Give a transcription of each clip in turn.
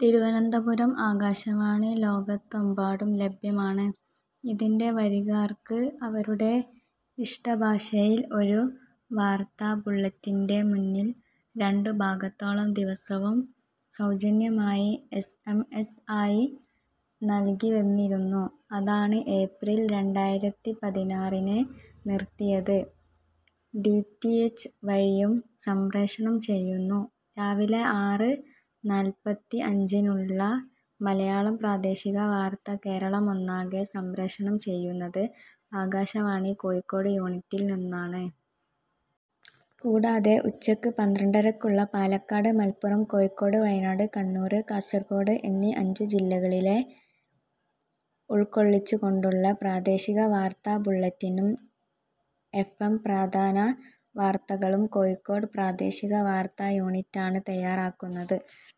തിരുവനന്തപുരം ആകാശവാണി ലോകത്തെമ്പാടും ലഭ്യമാണ്. ഇതിന്റെ വരിക്കാർക്ക്, അവരുടെ ഇഷ്ടഭാഷയിൽ, ഒരു വാർത്താബുള്ളെറ്റിന്റെ മൂന്നിൽ രണ്ടു ഭാഗത്തോളം ദിവസവും സൗജന്യമായി എസ്. എം. എസ് ആയി നൽകിവന്നിരുന്നു. അതാണ് ഏപ്രിൽ രണ്ടായിരത്തിപതിനാറിന് നിർത്തിയത്. ഡി. റ്റി. എച്ച് വഴിയും സംപ്രേഷണം ചെയ്യുന്നു. രാവിലെ ആറ് നാല്പത്തിഅഞ്ചിനുള്ള മലയാളം പ്രാദേശിക വാർത്ത കേരളമൊന്നാകെ സംപ്രേഷണം ചെയ്യുന്നത് ആകാശവാണി കോഴിക്കോട് യൂണിറ്റിൽ നിന്നാണ്. കൂടാതെ ഉച്ചയ്ക്ക് പന്ത്രണ്ടരക്കുള്ള പാലക്കാട്, മലപ്പുറം, കോഴിക്കോട്, വയനാട്, കണ്ണൂർ, കാസർകോട് എന്നീ അഞ്ചു ജില്ലകളെ ഉൾക്കൊള്ളിച്ചുകൊണ്ടുള്ള പ്രാദേശിക വാർത്താ ബുള്ളറ്റിനും എഫ്എം പ്രധാന വാർത്തകളും കോഴിക്കോട് പ്രാദേശിക വാർത്താ യൂണിറ്റാണ് തയ്യാറാക്കുന്നത്.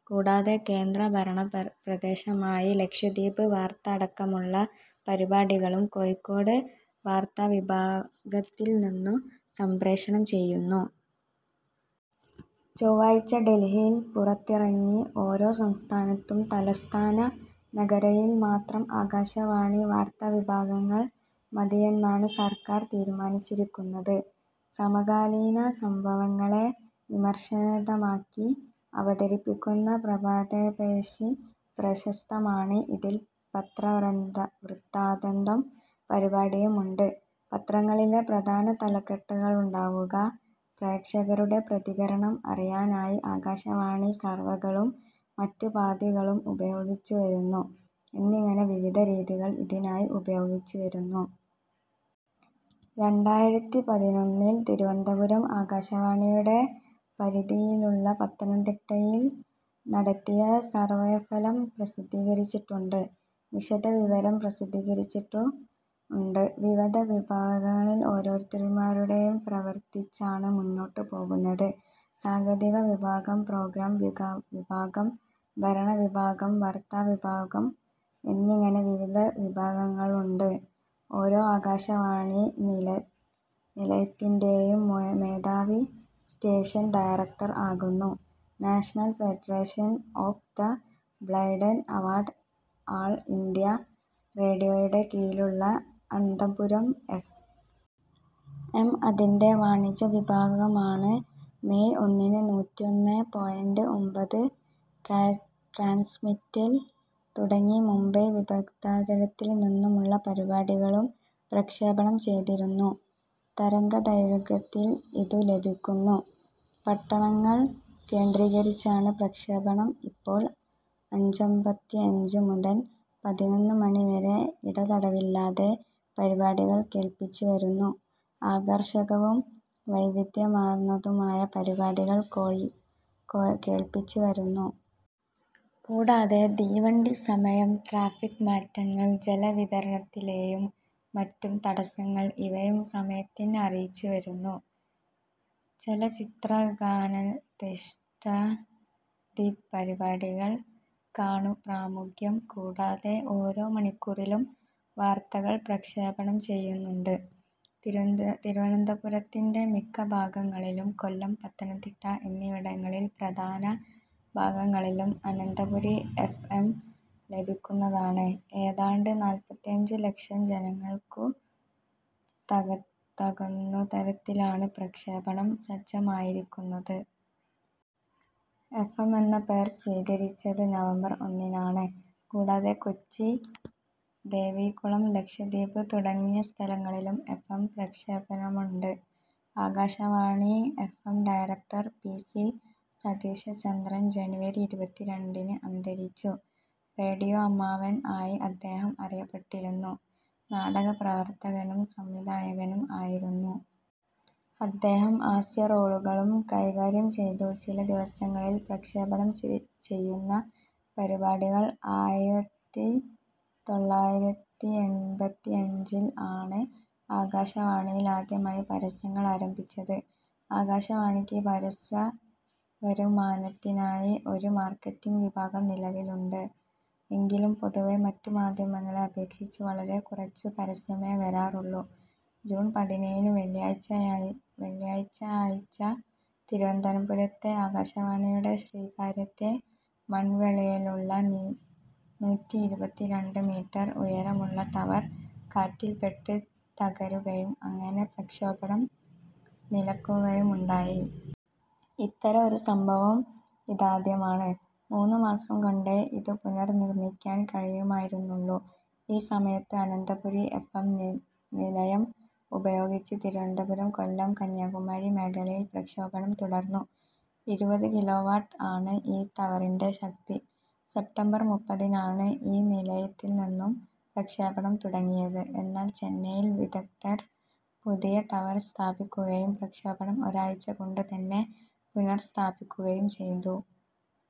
കൂടാതെ കേന്ദ്രഭരണപ്രദേശമായ ലക്ഷദ്വീപ് വാർത്ത അടക്കമുള്ള പരിപാടികളും കോഴിക്കോട് വാർത്താവിഭാഗത്തിൽ നിന്നു സംപ്രേഷണം ചെയ്യുന്നു. ചൊവ്വാഴ്ച ഡൽഹിയിൽ പുറത്തിറങ്ങി. ഓരോ സംസ്ഥാനത്തും തലസ്ഥാന നഗരിയിൽ മാത്രം ആകാശവാണി വാർത്താവിഭാഗങ്ങൾ മതിയെന്നാണ് സർക്കാർ തീരുമാനിച്ചിരിക്കുന്നത്. സമകാലീന സംഭവങ്ങളെ വിമർശനാത്മകമായി അവതരിപ്പിക്കുന്ന പ്രഭാതഭേരി പ്രശസ്തമാണ്. ഇതിൽ പത്രവൃത്താന്തം പരിപടിയുമുണ്ട്. പത്രങ്ങളിലെ പ്രധാന തലക്കെട്ടുകളാണുണ്ടാവുക. പ്രേക്ഷകരുടെ പ്രതികരണം അറിയാനായി ആകാശവാണി സർവെകളും മറ്റുപാധികളും ഉപയോഗിച്ചുവരുന്നു., എന്നിങ്ങനെ വിവിധ രീതികൾ ഇതിനായി ഉപയോഗിച്ചുവരുന്നു. രണ്ടായിരത്തിപതിനൊന്നിൽ തിരുവനന്തപുരം ആകാശവാണിയുടെ പരിധിയിലുള്ള പത്തനംതിട്ടയിൽ നടത്തിയ സർവേഫലം പ്രസിദ്ധീകരിച്ചിട്ടുണ്ട്. വിശദവിവരം പ്രസിദ്ധീകരിച്ചിട്ടുണ്ട്. വിവിധ വിഭാഗങ്ങൾ ഒത്തൊരുമയോടെ പ്രവർത്തിച്ചാണ് മുന്നോട്ടു പോകുന്നത്. സാങ്കേതികവിഭാഗം, പ്രോഗ്രാം വിഭാഗം, ഭരണവിഭാഗം, വാർത്താവിഭാഗം എന്നിങ്ങനെ വിവിധ വിഭാഗങ്ങളുണ്ട്. ഓരോ ആകാശവാണി നിലയത്തിന്റെയും മേധാവി സ്റ്റേഷൻ ഡയറക്ടർ ആകുന്നു. National federation of the blind award all India റേഡിയോയുടെ കീഴിലുള്ള അന്തഃപുരി എഫ്. എം അതിന്റെ വാണിജ്യവിഭാഗമാണ്. മെയ് ഒന്നിന് നൂറ്റിഒന്നേ പോയിന്റ് ഒമ്പത് ട്രാൻസ്മിറ്ററിൽ തുടങ്ങി. മുംബൈ വിവിധ്ഭാരതത്തിൽ നിന്നുമുള്ള പരിപാടികളും പ്രക്ഷേപണം ചെയ്തിരുന്നു. തരംഗദൈർഘ്യത്തിൽ ഇതു ലഭിക്കുന്നു. പട്ടണങ്ങൾ കേന്ദ്രീകരിച്ചാണ് പ്രക്ഷേപണം. ഇപ്പോൾ അഞ്ചമ്പത്തിഅഞ്ചു മുതൽ പതിനൊന്ന് മണി വരെ ഇടതടവില്ലാതെ പരിപാടികൾ കേൾപ്പിച്ചുവരുന്നു. ആകർഷകവും വൈവിധ്യമാർന്നതുമായ പരിപാടികൾ കേൾപ്പിച്ചുവരുന്നു. കൂടാതെ തീവണ്ടി സമയം, ട്രാഫിക്ക് മാറ്റങ്ങൾ, ജലവിതരണത്തിലെയും മറ്റും തടസങ്ങൾ ഇവയും സമയത്തിന് അറിയിച്ചുവരുന്നു. ചലച്ചിത്രഗാനാധിഷ്ടിതപരിപാടികൾക്കാണു പ്രാമുഖ്യം. കൂടാതെ ഓരോ മണിക്കൂറിലും വാർത്തകൾ പ്രക്ഷേപണം ചെയ്യുന്നുണ്ട്. തിരുവനതപുരത്തിന്റെ മിക്ക ഭാഗങ്ങളിലും കൊല്ലം പത്തനംതിട്ട എന്നിവിടങ്ങളിൽ പ്രധാന ഭാഗങ്ങളിലും അനന്തപുരി എഫ്. എം ലഭിക്കുന്നതാണ്. ഏതാണ്ട് നാല്പത്തിഅഞ്ചു ലക്ഷം ജനങ്ങൾക്കുതകുന്നതരത്തിലാണ് പ്രക്ഷേപണം സജ്ജമാകിയിരിക്കുന്നത്. എഫ്. എം എന്ന പേർ സ്വീകരിച്ചത് നവംബർ ഒന്നിനാണ്. കൂടാതെ കൊച്ചി, ദേവികുളം, ലക്ഷദ്വീപ് തുടങ്ങിയ സ്ഥലങ്ങളിലും എഫ്. എം പ്രക്ഷേപണമുണ്ട്. Akashvani F M director P. C. Satheeshchandran ജനുവരി ഇരുപത്തിരണ്ടിന് അന്തരിച്ചു. റേഡിയോ അമ്മാവൻ ആയി അദ്ദേഹം അറിയപ്പെട്ടിരുന്നു. നാടകപ്രവർത്തകനും സംവിധായകനും ആയിരുന്നു. അദ്ദേഹം ഹാസ്യറോളുകളും കൈകാര്യംചെയ്തു. ചില ദിവസങ്ങളിൽ പ്രക്ഷേപണം ചെയ്യുന്ന പരിപാടികൾ. ആയിരത്തിത്തൊള്ളായിരത്തിഎൺപത്തിഅഞ്ചിൽ ആണ് ആകാശവാണിയിൽ ആദ്യമായി പരസ്യങ്ങൾ ആരംഭിച്ചത്. ആകാശവാണിക്ക് പരസ്യവരുമാനത്തിനായി ഒരു മാർക്കറ്റിങ്ങ് വിഭാഗം നിലവിലുണ്ട്. എങ്കിലും പൊതുവെ മറ്റു മാധ്യമങ്ങളെ അപേക്ഷിച്ചു വളരെക്കുറച്ചു പരസ്യമെ വരാറുള്ളൂ. ജൂൺ പതിനേഴിനു വെള്ളിയാഴ്ചയാഴ്ച, തിരുവനന്തപുരത്തെ ആകാശവാണിയുടെ ശ്രീകാര്യത്തെ മൺവിളയിലുള്ള നൂറ്റിഇരുപത്തിരണ്ടു മീറ്റർ ഉയരമുള്ള ടവർ കാറ്റിൽപ്പെട്ട് തകരുകയും അങ്ങനെ പ്രക്ഷേപണം നിലയ്ക്കുകയുമുണ്ടായി. ഇത്തരം ഒരു സംഭവം ഇതാദ്യമാണ്. മൂന്നു മാസംകൊണ്ടേ ഇതു പുനർനിർമ്മിക്കാൻ കഴിയുമായിരുന്നുള്ളൂ. ഈ സമയത്ത് അനന്തപുരി എഫ്. എം നിലയം ഉപയോഗിച്ച് തിരുവനന്തപുരം, കൊല്ലം, കന്യാകുമാരി മേഖലയിൽ പ്രക്ഷേപണം തുടർന്നു. ഇരുപത് കിലോവാട്ട് ആണ് ഈ ടവറിന്റെ ശക്തി. സെപ്റ്റംബർ മുപ്പത്തിനാണ് ഈ നിലയത്തിൽനിന്നും പ്രക്ഷേപണം തുടങ്ങിയത്. എന്നാൽ ചെന്നൈയിലെ വിദഗ്ദ്ധർ, പുതിയ ടവർ സ്ഥാപിക്കുകയും പ്രക്ഷേപണം ഒരാഴ്ചകൊണ്ടുതന്നെ പുനഃസ്ഥാപിക്കുകയുംചെയ്തു.